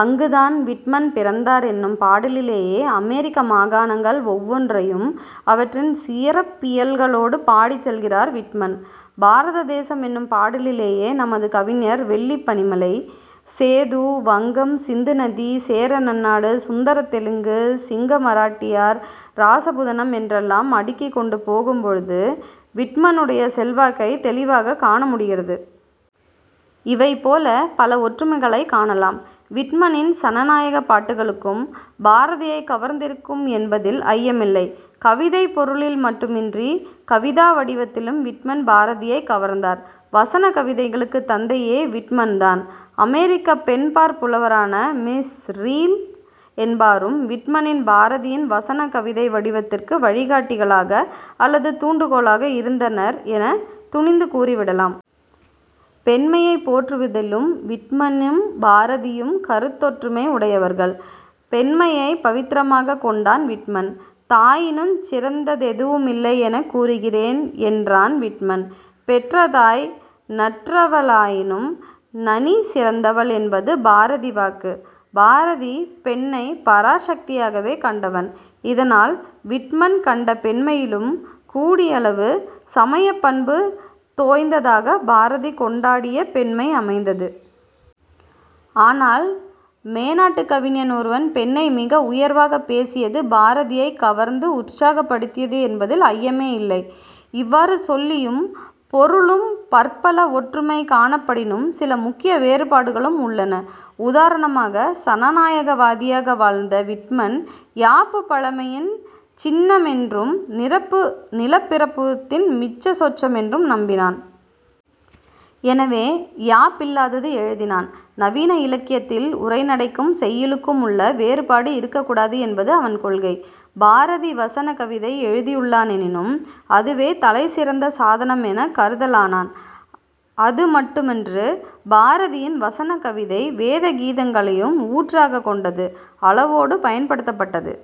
அங்குதான் விட்மன் பிறந்தார் என்னும் பாடலிலே அமெரிக்க மாகாணங்கள் ஒவ்வொன்றையும் அவற்றின் சிறப்பியல்புகளோடு பாடிச் செல்கிறார் விட்மன். பாரத தேசம் என்னும் பாடலிலே நமது கவிஞர் வெள்ளிப் பனிமலை. சேது, வங்கம், சிந்து நதி, சேர நன்னாடு, சுந்தரத் தெலுங்கு, சிங்க மராட்டியர், ராசபுதனம் என்றெல்லாம் அடுக்கிக்கொண்டு போகும்பொழுது விட்மனுடைய செல்வாக்கைத் தௌிவாகக் காணமுடிகிறது. இவைபோலப் பல ஒற்றுமைகளைக் காணலாம். விட்மனின் சனநாயகப் பாட்டுக்களும் பாரதியைக் கவர்ந்திருக்கும் என்பதில் ஐயமில்லை. கவிதைப் பொருளில் மட்டுமன்றி, கவிதா வடிவத்திலும் விட்மன் பாரதியைக் கவர்ந்தார். வசன கவிதைக்குத் தந்தையே விட்மன் தான். அமெரிக்கப் பெண்பாற் புலவரான மிஸ் ரீஸ் என்பாரும் விட்மனும் பாரதியின் வசன கவிதை வடிவத்திற்கு வழிகாட்டிகளாக அல்லது தூண்டுகோலாக இருந்தனர் எனத் துணிந்து கூறிவிடலாம். பெண்மையை போற்றுவதிலும் விட்மனும் பாரதியும் கருத்தொற்றுமை உடையவர்கள். பெண்மையைப் பவித்திரமாகக் கொண்டான் விட்மன். "தாயினுஞ் சிறந்ததெதுவுமில்லை எனக் கூறுகிறேன்" என்கிறான் விட்மன். "பெற்றதாய் நற்றவ வானினும் நனி சிறந்தவள்" என்பது பாரதி வாக்கு. பாரதி பெண்ணைப் பராசக்தியாகவே கண்டவன். இதனால் விட்மன் கண்ட பெண்மையிலும் கூடியளவு சமயப் பண்பு தோய்ந்ததாகப் பாரதி கொண்டாடிய பெண்மை அமைந்தது. ஆனால் மேனாட்டுக் கவிஞன் ஒருவன் பெண்ணை மிக உயர்வாகப் பேசியது பாரதியைக் கவர்ந்து உற்சாகப்படுத்தியது என்பதில் ஐயமேயில்லை. இவ்வாறு சொல்லிலும் பொருளிலும் பற்பல ஒப்புமைகள் காணப்படினும் சில முக்கிய வேறுபாடுகளும் உள்ளன. உதாரணமாக சனநாயகவாதியாக வாழ்ந்த விட்மன், யாப்பு பழமையின் சின்னமென்றும், நிலப்பிரபுத்துவத்தின் மிச்ச சொச்சமென்றும் நம்பினான். எனவே யாப்பில்லாது எழுதினான். நவீன இலக்கியத்தில் உரைநடைக்கும் செய்யுளுக்கு முள்ள வேறுபாடு இருக்கக்கூடாது என்பது அவன் கொள்கை. பாரதி 'வசன கவிதை' எழுதியுள்ளானெனினும் அதுவே தலை சிறந்த சாதனம் எனக் கருதினானல்லன். அது மட்டுமன்று பாரதியின் 'வசன கவிதை' வேத கீதங்களையும் ஊற்றாகக் கொண்டது. அளவோடு பயன்படுத்தப்பட்டது.